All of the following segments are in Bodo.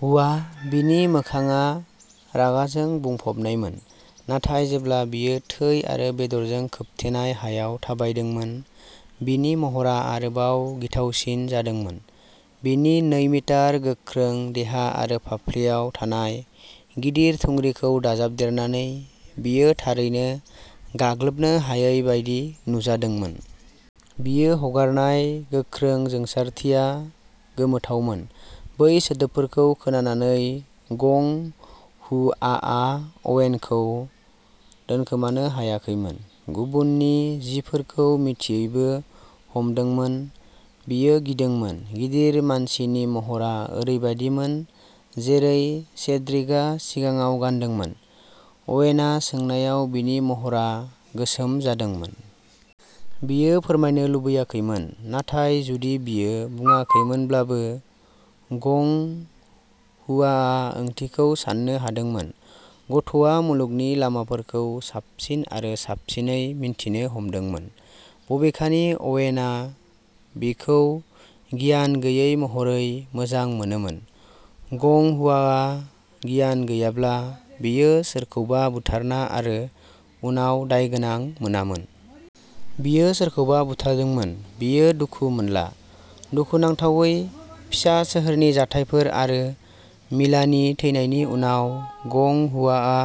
हुआ, बिनि मोखांआ रागा जों बुंफबनायमोन, नाथाय जेब्ला बियो थै आरो बेदरजों खोबथेनाय हायाव थाबायदोंमोन, बिनि महरा आरोबाव गिथावसिन जादोंमोन। बिनि नै मिटार गोख्रों देहा आरो फाफ्लियाव थानाय गिदिर थुंग्रिखौ दाजाबदेरनानै, बियो थारैनो गाग्लोबनो हायै बायदि नुजादोंमोन। बियो हगारनाय गोख्रों जोंसारथिया गोमोथावमोन। बै सोदोबफोरखौ खोनानानै, गं हुआआ अवेनखौ दोनखोमानो हायाखैमोन, गुबुननि जिफोरखौ मिथियैबो हमदोंमोन। बियो गिदोंमोन। गिदिर मानसिनि महरा ओरैबायदिमोन जेरै सेड्रिकआ सिगाङाव गानदोंमोन अवेनआ सोंनायाव बिनि महरा गोसोम जादोंमोन। बियो फोरमायनो लुबैयाखैमोन, नाथाय जुदि बियो बुङाखैमोनब्लाबो, गं हुआआ ओंथिखौ साननो हादोंमोन। गथ'आ मुलुगनि लामाफोरखौ साबसिन आरो साबसिनै मिन्थिनो हमदोंमोन, बबेखानि अवेनआ बिखौ गियान गैयै महरै मोजां मोनोमोन। गं हुआआ गियान गैयाब्ला, बियो सोरखौबा बुथारना आरो उनाव दायगोनां मोनामोन। बियो सोरखौबा बुथारदोंमोन, बियो दुखु मोनला। दुखुनांथावै, फिसा सोहोरनि जाथायफोर आरो मिलानि थैनायनि उनाव, गं हुआआ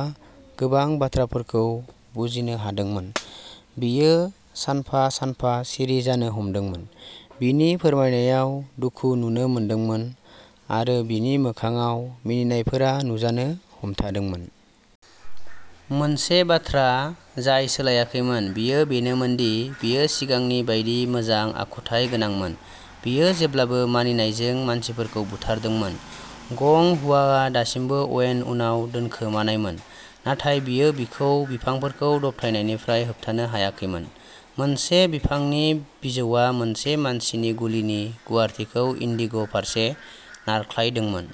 गोबां बाथ्राफोरखौ बुजिनो हादोंमोन। बियो सानफा-सानफा सिरि जानो हमदोंमोन, बिनि फोरमायनायाव दुखु नुनो मोनदोंमोन, आरो बिनि मोखांआव मिनिनायफोरा नुजानो हमथादोंमोन। मोनसे बाथ्रा जाय सोलायाखैमोन बियो बेनोमोनदि बियो सिगांनि बायदि मोजां आखुथाय गोनांमोन बियो जेब्लाबो मानिनायजों मानसिफोरखौ बुथारदोंमोन। गं हुआआ दासिमबो अवेन उनाव दोनखोमानायमोन, नाथाय बियो बिखौ बिफांफोरखौ दबथायनायनिफ्राय होबथानो हायाखैमोन। मोनसे बिफांनि बिजौआ मोनसे मानसिनि गुलिनि गुवारथिखौ इन्दिग' फारसे नारख्लायदोंमोन।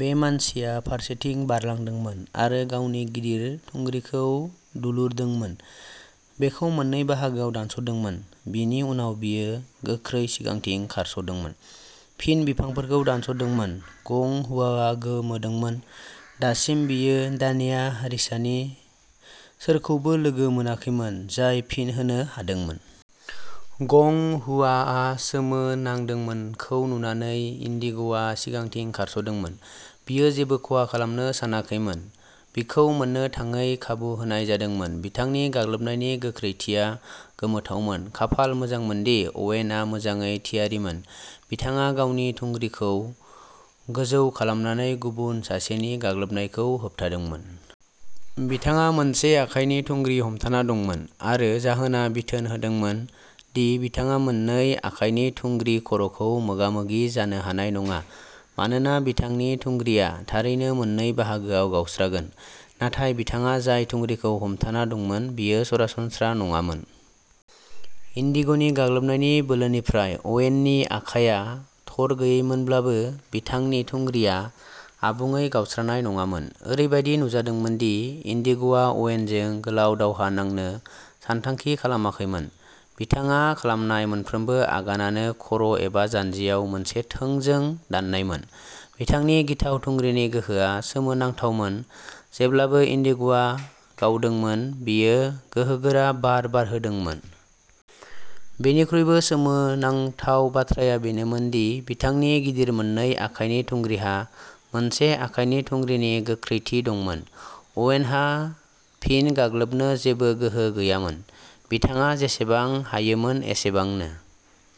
बे मानसिया फारसेथिं बारलांदोंमोन आरो गावनि गिदिर थुंग्रिखौ दुलुरदोंमोन, बेखौ मोननै बाहागोआव दानस'दोंमोन। बिनि उनाव बियो गोख्रै सिगांथिं खारस'दोंमोन, फिन बिफांफोरखौ दानस'दोंमोन। गं हुआआ गोमोदोंमोन। दासिम, बियो दान्या हारिसानि सोरखौबो लोगो मोनाखैमोन जाय फिन होनो हादोंमोन। गं हुआआ सोमोनांदोंमोनखौ नुनानै, इन्दिग'आ सिगांथिं खारस'दोंमोन; बियो जेबो खहा खालामनो सानाखैमोन। बिखौ मोननो थाङै खाबु होनाय जादोंमोन। बिथांनि गाग्लोबनायनि गोख्रैथिया गोमोथावमोन। खाफाल मोजांमोनदि, अवेनआ मोजाङै थियारिमोन। बिथाङा गावनि थुंग्रिखौ गोजौ खालामनानै गुबुन सासेनि गाग्लोबनायखौ होबथादोंमोन। बिथाङा मोनसे आखाइनि थुंग्रि हमथाना दंमोन, आरो जाहोनआ बिथोन होदोंमोन दि बिथाङा मोननै आखाइनि थुंग्रि खर'खौ मोगा-मोगि जानो हानाय नङा मानोना बिथांनि थुंग्रिआ थारैनो मोननै बाहागोआव गावस्रागोन। नाथाय बिथाङा जाय थुंग्रिखौ हमथाना दंमोन बेयो सरासनस्रा नङामोन। इन्दिग'नि गाग्लोबनायनि बोलोनिफ्राय अवेननि आखाइआ थरगैयैमोनब्लाबो, बिथांनि थुंग्रिआ आबुङै गावस्रानाय नङामोन। ओरैबायदि नुजादोंमोन दि इन्दिग'आ अवेनजों गोलाव दावहा नांनो सानथांखि खालामाखैमोन। बिथाङा खालामनाय मोनफ्रोमबो आगानानो खर' एबा जान्जियाव मोनसे थोंजों दाननायमोन। बिथांनि गिथाव थुंग्रिनि गोहोआ सोमोनांथावमोन; जेब्लाबो इन्दिग'आ गावदोंमोन बेयो गोहोगोरा बार बारहोदोंमोन। बेनिख्रुइबो सोमोनांथाव बाथ्राया बेनोमोन दि बिथांनि गिदिर मोननै आखाइनि थुंग्रिहा मोनसे आखाइनि थुंग्रिनि गोख्रैथि दंमोन। अवेनहा फिन गाग्लोबनो जेबो गोहो गैयामोन। बिथाङा जेसेबां हायोमोन एसेबांनो।